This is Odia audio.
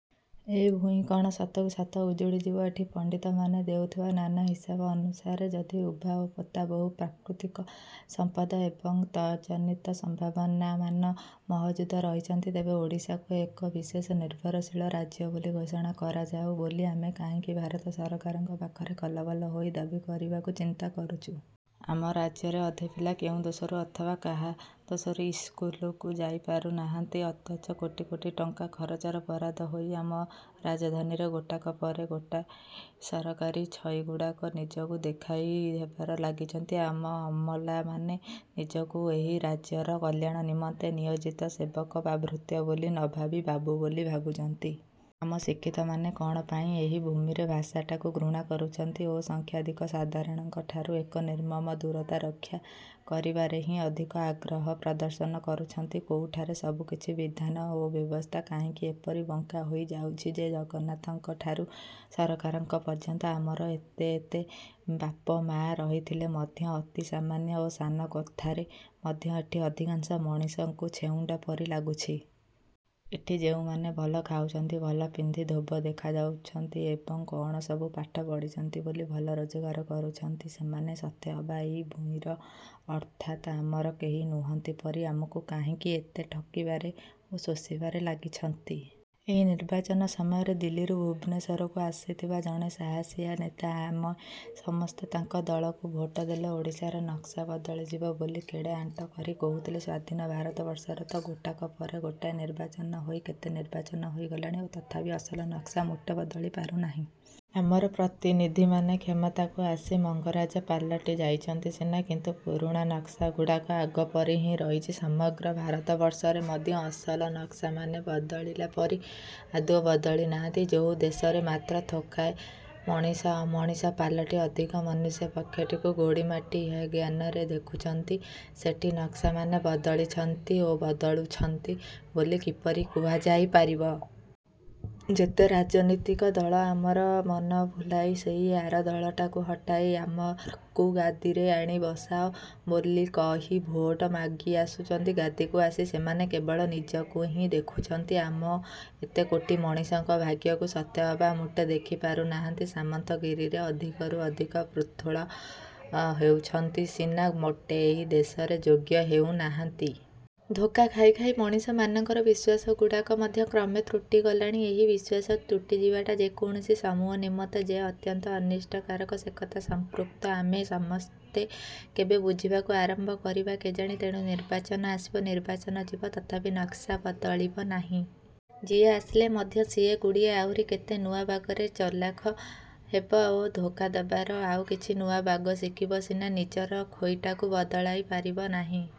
ଏ ଭୂଇଁ କ'ଣ ସତକୁ ସତ ଉଜୁଡ଼ି ଯିବ? ଏଠି ପଣ୍ଡିତମାନେ ଦେଉଥିବା ନାନା ହିସାବ ଅନୁସାରେ ଯଦି ଉଭା ଓ ପୋତା ବହୁ ପ୍ରାକୃତିକ ସମ୍ପଦ ଏବଂ ତଜନିତ ସମ୍ଭାବନାମାନ ମହଜୁଦ ରହିଛନ୍ତି, ତେବେ ଓଡ଼ିଶାକୁ ଏକ ବିଶେଷ ନିର୍ଭରଶୀଳ ରାଜ୍ୟ ବୋଲି ଘୋଷଣା କରାଯାଉ ବୋଲି ଆମେ କାହିଁକି ଭାରତ ସରକାରଙ୍କ ପାଖରେ କଲବଲ ହୋଇ ଦାବି କରିବାକୁ ଚିନ୍ତା କରୁଛୁ? ଆମ ରାଜ୍ୟର ଅଧେ ପିଲା କେଉଁ ଦୋଷରୁ ଅଥବା କାହା ଦୋଷରୁ ଇସ୍କୁଲକୁ ଯାଇ ପାରୁନାହାନ୍ତି? ଅଥଚ କୋଟି କୋଟି ଟଙ୍କା ଖରଚର ବରାଦ ହୋଇ ଆମ ରାଜଧାନୀରେ ଗୋଟାକ ପରେ ଗୋଟାଏ ସରକାରୀ ଛଇଗୁଡ଼ାକ ନିଜକୁ ଦେଖାଇ ହେବାରେ ଲାଗିଛନ୍ତି? ଆମ ଅମଲାମାନେ ନିଜକୁ ଏହି ରାଜ୍ୟର କଲ୍ୟାଣ ନିମନ୍ତେ ନିୟୋଜିତ ସେବକ ବା ଭୃତ୍ୟ ବୋଲି ନଭାବି ବାବୁ ବୋଲି ଭାବୁଛନ୍ତି? ଆମ ଶିକ୍ଷିତମାନେ କ'ଣ ପାଇଁ ଏହି ଭୂମିର ଭାଷାଟାକୁ ଘୃଣା କରୁଛନ୍ତି ଓ ସଂଖ୍ୟାଧିକ ସାଧାରଣଙ୍କଠାରୁ ଏକ ନିର୍ମମ ଦୂରତା ରକ୍ଷା କରିବାରେ ହିଁ ଅଧିକ ଆଗ୍ରହ ପ୍ରଦର୍ଶନ କରୁଛନ୍ତି? କୋଉଠାରେ ସବୁକିଛି ବିଧାନ ଓ ବ୍ୟବସ୍ଥା କାହିଁକି ଏପରି ବଙ୍କା ହୋଇଯାଉଛି ଯେ, ଜଗନ୍ନାଥଙ୍କଠାରୁ ସରକାରଙ୍କ ପର୍ଯ୍ୟନ୍ତ ଆମର ଏତେ ଏତେ ବାପମାଆ ରହିଥିଲେ ମଧ୍ୟ ଅତି ସାମାନ୍ୟ ଓ ସାନ କଥାରେ ମଧ୍ୟ ଏଠି ଅଧିକାଂଶ ମଣିଷଙ୍କୁ ଛେଉଣ୍ଡ ପରି ଲାଗୁଛି? ଏଠି ଯେଉଁମାନେ ଭଲ ଖାଉଛନ୍ତି, ଭଲ ପିନ୍ଧି ଧୋବ ଦେଖାଯାଉଛନ୍ତି ଏବଂ କ'ଣ ସବୁ ପାଠ ପଢ଼ିଛନ୍ତି ବୋଲି ଭଲ ରୋଜଗାର କରୁଛନ୍ତି, ସେମାନେ ସତେଅବା ଏହି ଭୂଇଁର ଅର୍ଥାତ୍ ଆମର କେହି ନୁହନ୍ତି ପରି ଆମକୁ କାହିଁକି ଏତେ ଠକିବାରେ ଓ ଶୋଷିବାରେ ଲାଗିଛନ୍ତି? ଏହି ନିର୍ବାଚନ ସମୟରେ ଦିଲ୍ଲୀରୁ ଭୁବନେଶ୍ୱରକୁ ଆସିଥିବା ଜଣେ ସାହସିଆ ନେତା ଆମେ ସମସ୍ତେ ତାଙ୍କ ଦଳକୁ ଭୋଟ ଦେଲେ ଓଡ଼ିଶାର ନକ୍ସା ବଦଳିଯିବ ବୋଲି କେଡ଼େ ଆଣ୍ଟ କରି କହୁଥିଲେ। ସ୍ୱାଧୀନ ଭାରତବର୍ଷରେ ତ ଗୋଟାକ ପରେ ଗୋଟାଏ ନିର୍ବାଚନ ହୋଇ କେତେ ନିର୍ବାଚନ ହୋଇଗଲାଣି ଓ ତଥାପି ଅସଲ ନକ୍ସା ମୋଟେ ବଦଳି ପାରୁନାହିଁ। ଆମର ପ୍ରତିନିଧିମାନେ କ୍ଷମତାକୁ ଆସି ମଙ୍ଗରାଜ ପାଲଟି ଯାଇଛନ୍ତି ସିନା, କିନ୍ତୁ ପୁରୁଣା ନକ୍ସା ଗୁଡ଼ାକ ଆଗପରି ହିଁ ରହିଛି। ସମଗ୍ର ଭାରତବର୍ଷରେ ମଧ୍ୟ ଅସଲ ନକ୍ସାମାନେ ବଦଳିଲା ପରି ଆଦୌ ବଦଳି ନାହାନ୍ତି। ଯୋଉ ଦେଶରେ ମାତ୍ର ଥୋକାଏ ମଣିଷ ଅମଣିଷ ପାଲଟି ଅଧିକ ମନୁଷ୍ୟପକ୍ଷଟିକୁ ଗୋଡ଼ିମାଟି ହେୟଜ୍ଞାନରେ ଦେଖୁଛନ୍ତି, ସେଠି ନକ୍ସାମାନେ ବଦଳିଛନ୍ତି ଓ ବଦଳୁଛନ୍ତି ବୋଲି କିପରି କୁହାଯାଇ ପାରିବ? ଯେତେ ରାଜନୀତିକ ଦଳ ଆମର ମନ ଭୁଲାଇ ସେଇ ଆର ଦଳଟାକୁ ହଟାଇ ଆମକୁ ଗାଦୀରେ ଆଣି ବସାଅ ବୋଲି କହି ଭୋଟ ମାଗି ଆସୁଛନ୍ତି, ଗାଦୀକୁ ଆସି ସେମାନେ କେବଳ ନିଜକୁ ହିଁ ଦେଖୁଛନ୍ତି। ଆମ ଏତେ କୋଟି ମଣିଷଙ୍କ ଭାଗ୍ୟକୁ ସତେଅବା ମୋଟେ ଦେଖି ପାରୁନାହାନ୍ତି; ସାମନ୍ତଗିରିରେ ଅଧିକରୁ ଅଧିକ ପୃଥୁଳ ହେଉଛନ୍ତି ସିନା ମୋଟେ ଏହି ଦେଶର ଯୋଗ୍ୟ ହେଉନାହାନ୍ତି। ଧୋକା ଖାଇ ଖାଇ ମଣିଷମାନଙ୍କର ବିଶ୍ଵାସଗୁଡ଼ାକ ମଧ୍ୟ କ୍ରମେ ତୁଟି ଗଲାଣି। ଏହି ବିଶ୍ୱାସ ତୁଟିଯିବାଟା ଯେକୌଣସି ସମୂହ ନିମନ୍ତେ ଯେ ଅତ୍ୟନ୍ତ ଅନିଷ୍ଟକାରକ, ସେକଥା ସଂପୃକ୍ତ ଆମେ ସମସ୍ତେ କେବେ ବୁଝିବାକୁ ଆରମ୍ଭ କରିବା କେଜାଣି? ତେଣୁ ନିର୍ବାଚନ ଆସିବ, ନିର୍ବାଚନ ଯିବ, ତଥାପି ନକ୍ସା ବଦଳିବ ନାହିଁ। ଯିଏ ଆସିଲେ ମଧ୍ୟ ସିଏ ଗୁଡ଼ିଏ ଆହୁରି କେତେ ନୂଆ ବାଗରେ ଚଲାଖ ହେବ ଓ ଧୋକା ଦେବାର ଆଉ କିଛି ନୂଆ ବାଗ ଶିଖିବ ସିନା, ନିଜର ଖୋଇଟାକୁ ବଦଳାଇ ପାରିବ ନାହିଁ ।